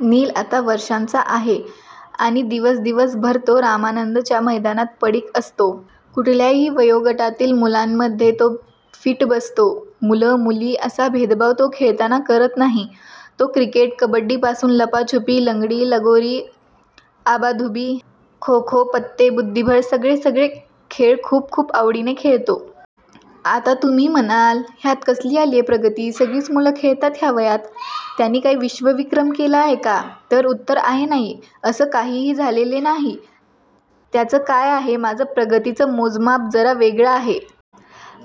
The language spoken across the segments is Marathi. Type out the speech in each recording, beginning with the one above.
नील आता वर्षांचा आहे आणि दिवस दिवस भर तो रामानंदच्या मैदानात पडिक असतो. कुठल्याही वयोगटातील मुलांमध्ये तो फिट बसतो. मुल मुली असा भेदभाव तो खेळतांना करत नाही. तो क्रिकेट, कबड्डी पासून लपाछुपी, लंगडी, लगोरी, आबाधुबी, खोखो, पत्ते, बुद्धीबळ सगळे सगळे खेळ खूप खूप आवडीने खेळतो. आता तुम्ही म्हणाल ह्यात कसली आलेय प्रगती. सगळीच मुलं खेळतात ह्या वयात. त्यानी काय विश्व विक्रम केला आहे का? तर उत्तर आहे नाही. अस काहीही झालेले नाही. त्याच काय आहे माझ प्रगतीच मोजमाप जरा वेगळ आहे.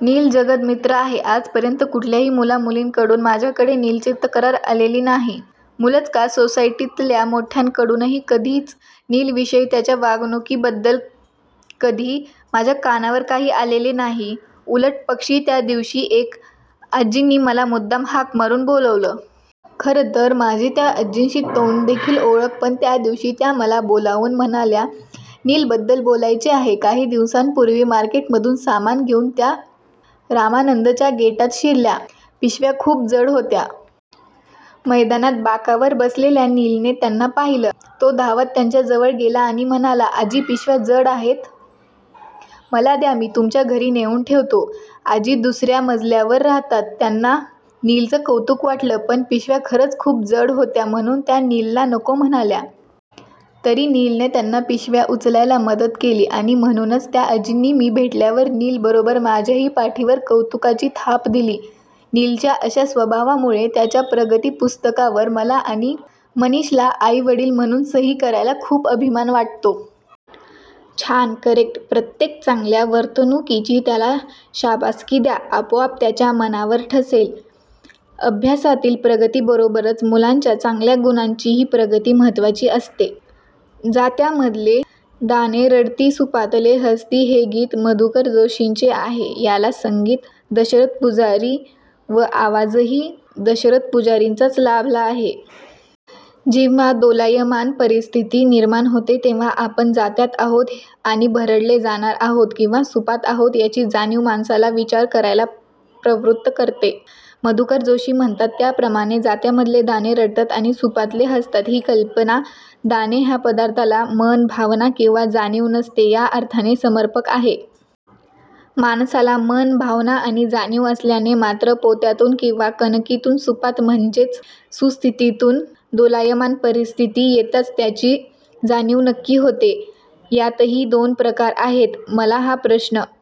नील जगत मित्र आहे. आज पर्यंत कुठल्याही मुला मुलीं कडून माझ्याकडे नीलची तक्रार आलेली नाही. मुलंच का सोसायटीतल्या मोठ्यांन कडूनही कधीच नील विषयी त्याच्या वागणूकी बद्दल कधी माझ्या कानावर काही आलेले नाही. उलट पक्षी त्या दिवशी एक आजींनी मला मुद्दाम हाक मारून बोलावलं. खर तर माझी त्या आजींशी तोंड देखली ओळख. पण त्या दिवशी त्या मला बोलावून म्हणाल्या नील बद्दल बोलायचे आहे. काही दिवसांपुर्वी मार्केट मधून सामान घेऊन त्या रामानंदच्या गेटात शिरल्या. पिशव्या खूप जड होत्या. मैदानात बाकावर बसलेल्या नीलने त्यांना पाहिलं. तो धावत त्यांच्या जवळ गेला आणि म्हणाला, "आजी पिशव्या जड आहेत. मला द्या मी तुमच्या घरी नेऊन ठेवतो. "आजी दुसर्या मजल्यावर राहतात. त्यांना नीलच कौतुक वाटलं. पण पिशव्या खरंच खूप जड होत्या म्हणून त्या नीलला नको म्हणाल्या. तरी नीलने त्यांना पिशव्या उचलायला मदत केली आणि म्हणूनच त्या आजींनी मी भेटल्यावर नील बरोबर माझ्याही पाठीवर कौतुकाची थाप दिली. नीलच्या अशा स्वभावामुळे त्याच्या प्रगती पुस्तकावर मला आणि मनिषला, आईवडील म्हणून सही करायला खूप अभिमान वाटतो. छानकरेक्ट. प्रत्येक चांगल्या वर्तणुकीची त्याला शाबासकी द्या. आपोआप त्याच्या मनावर ठसेल. अभ्यासातील प्रगती बरोबर मुलांच्या चांगल्या गुणांचीही प्रगती महत्वाची असते. जात्यामधले दाणे रडती सुपातले हसती हे गीत मधुकर जोशींचे आहे. याला संगीत दशरथ पुजारी व आवाजही दशरथ पुजारींचाच लाभला आहे. जेव्हा दोलायमान परिस्थिती निर्माण होते तेव्हा आपण जात्यात आहोत आणि भरडले जाणार आहोत किंवा सुपात आहोत याची जाणिव माणसाला विचार करायला प्रवृत करते. मधुकर जोशी म्हणतात त्याप्रमाणे जात्यामधले दाणे रडतात आणि सुपातले हसतात ही कल्पना दाणे ह्या पदार्थाला मन, भावना, किंवा जाणिव नसते या अर्थाने समर्पक आहे. माणसाला मन, भावना आणि जाणिव असल्याने मात्र पोत्यातुन किंवा कणगीतुन सुपात म्हणजेच सुस्थितीतुन दोलायमान परिस्थीती येताच त्याची जाणिव नक्की होते. यातही दोन प्रकार आहेत. " मला हा प्रश्न